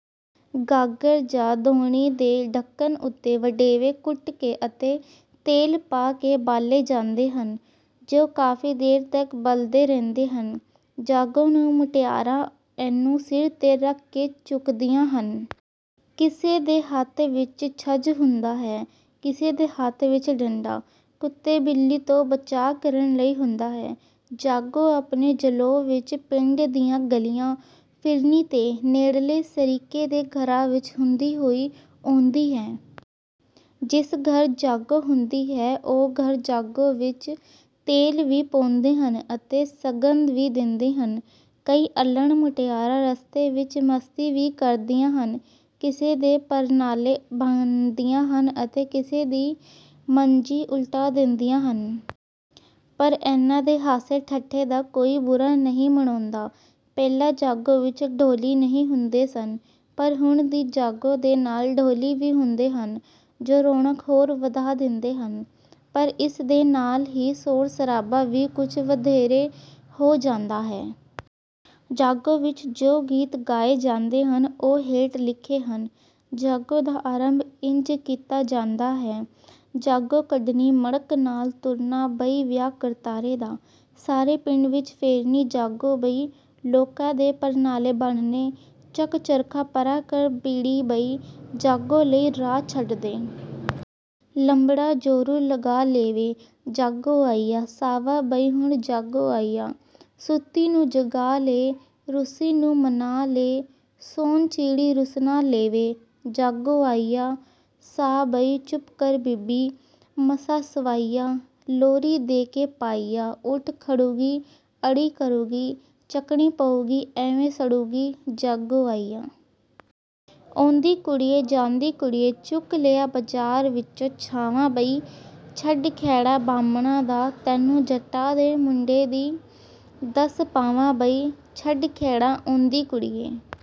ਗਾਗਰ ਜਾਂ ਦੋਹਣੀ ਦੇ ਢੱਕਣ ਉੱਤੇ ਵੜੇਵੇਂ ਕੁੱਟ ਕੇ ਅਤੇ ਤੇਲ ਪਾ ਕੇ ਬਾਲੇ ਜਾਂਦੇ ਹਨ। ਜੋ ਕਾਫ਼ੀ ਦੇਰ ਤੱਕ ਬਲਦੇ ਰਹਿੰਦੇ ਹਨ। ਜਾਗੋ ਨੂੰ ਮੁਟਿਆਰਾਂ ਇਹਨੂੰ ਸਿਰ ਤੇ ਰੱਖ ਕੇ ਚੁੱਕਦੀਆਂ ਹਨ। ਕਿਸੇ ਦੇ ਹੱਥ ਵਿੱਚ ਛੱਜ ਹੁੰਦਾ ਹੈ, ਕਿਸੇ ਦੇ ਹੱਥ ਵਿੱਚ ਡੰਡਾ, ਕੁੱਤੇ ਬਿੱਲੀ ਤੋਂ ਬਚਾਅ ਕਰਨ ਲਈ ਹੁੰਦਾ ਹੈ। ਜਾਗੋ ਆਪਣੇ ਜਲੌਅ ਵਿੱਚ ਪਿੰਡ ਦੀਆਂ ਗਲੀਆਂ, ਫਿਰਨੀ ਤੇ ਨੇੜਲੇ ਸ਼ਰੀਕੇ ਦੇ ਘਰਾਂ ਵਿੱਚ ਹੁੰਦੀ ਹੋਈ ਆਉਂਦੀ ਹੈ। ਜਿਸ ਘਰ ਜਾਗੋ ਹੁੰਦੀ ਹੈ ਉਹ ਘਰ ਜਾਗੋ ਵਿੱਚ ਤੇਲ ਵੀ ਪਾਉਂਦੇ ਹਨ ਅਤੇ ਸ਼ਗਨ ਵੀ ਦਿੰਦੇ ਹਨ। ਕਈ ਅੱਲ੍ਹੜ ਮੁਟਿਆਰਾਂ ਰਸਤੇ ਵਿੱਚ ਮਸਤੀ ਵੀ ਕਰਦੀਆਂ ਹਨ। ਕਿਸੇ ਦੇ ਪਰਨਾਲੇ ਭੰਨਦੀਆਂ ਹਨ ਅਤੇ ਕਿਸੇ ਦੀ ਮੰਜੀ ਉਲਟਾ ਦਿੰਦੀਆਂ ਹਨ। ਪਰ ਇਹਨਾਂ ਦੇ ਹਾਸੇ-ਠੱਠੇ ਦਾ ਕੋਈ ਬੁਰਾ ਨਹੀਂ ਮਨਾਉਂਦਾ। ਪਹਿਲਾਂ ਜਾਗੋ ਵਿੱਚ ਢੋਲੀ ਨਹੀਂ ਹੁੰਦੇ ਸਨ, ਪਰ ਹੁਣ ਦੀ ਜਾਗੋ ਦੇ ਨਾਲ ਢੋਲੀ ਵੀ ਹੁੰਦੇ ਹਨ, ਜੋ ਰੌਣਕ ਹੋਰ ਵਧਾ ਦਿੰਦੇ ਹਨ। ਪਰ ਇਸ ਦੇ ਨਾਲ ਹੀ ਸ਼ੋਰ-ਸ਼ਰਾਬਾ ਵੀ ਕੁੱਝ ਵਧੇਰੇ ਹੋ ਜਾਂਦਾ ਹੈ। ਜਾਗੋ ਵਿੱਚ ਜੋ ਗੀਤ ਗਾਏ ਜਾਂਦੇ ਹਨ ਉਹ ਹੇਠ ਲਿਖੇ ਹਨ। ਜਾਗੋ ਦਾ ਆਰੰਭ ਇੰਜ ਕੀਤਾ ਜਾਂਦਾ ਹੈ: ਜਾਗੋ ਕੱਢਣੀ ਮੜ੍ਹਕ ਨਾਲ, ਤੁਰਨਾ ਬਈ ਵਿਆਹ ਕਰਤਾਰੇ ਦਾ, ਸਾਰੇ ਪਿੰਡ ਵਿੱਚ ਫੇਰਨੀ ਜਾਗੋ ਬਈ, ਲੋਕਾਂ ਦੇ ਪਰਨਾਲੇ ਭੰਨਣੇ, ਚੱਕ ਚਰਖਾ ਪਰ੍ਹਾਂ ਕਰ ਪੀੜ੍ਹੀ ਬਈ, ਜਾਗੋ ਲਈ ਰਾਹ ਛੱਡ ਦੇ। ਲੰਬੜਾ ਜੋਰੂ ਜਗਾ ਲੈ ਵੇ, ਜਾਗੋ ਆਈ ਆ, ਸ਼ਾਵਾ ਬਈ ਹੁਣ ਜਾਗੋ ਆਈ ਆ, ਸੁੱਤੀ ਨੂੰ ਜਗਾ ਲੈ, ਰੁੱਸੀ ਨੂੰ ਮਨਾ ਲੈ, ਸੋਨ ਚਿੜੀ ਰੁਸ਼ਨਾ ਲੈ ਵੇ, ਜਾਗੋ ਆਈ ਆ, ਸਾਵ ਬਈ। ਚੁੱਪ ਕਰ ਬੀਬੀ, ਮਸਾਂ ਸਵਾਈ ਆ, ਲੋਰੀ ਦੇ ਕੇ ਪਾਈ ਆ, ਉੱਠ ਖੜੂਗੀ ਅੜੀ ਕਰੂਗੀ, ਚੱਕਣੀ ਪਊਗੀ, ਐਵੇਂ ਸੜੂਗੀ, ਜਾਗੋ ਆਈ ਆ। ਆਉਂਦੀ ਕੁੜੀਏ ਜਾਂਦੀ ਕੁੜੀਏ, ਚੁੱਕ ਲਿਆ ਬਾਜ਼ਾਰ ਵਿੱਚੋਂ ਝਾਵਾਂ ਬਈ, ਛੱਡ ਖਹਿੜਾ ਬਾਹਮਣਾ ਦਾ, ਤੈਨੂੰ ਜੱਟਾਂ ਦੇ ਮੁੰਡੇ ਦੀ ਦੱਸ ਪਾਵਾਂ ਬਈ, ਛੱਡ ਖਹਿੜਾ। ਆਉਂਦੀ ਕੁੜੀਏ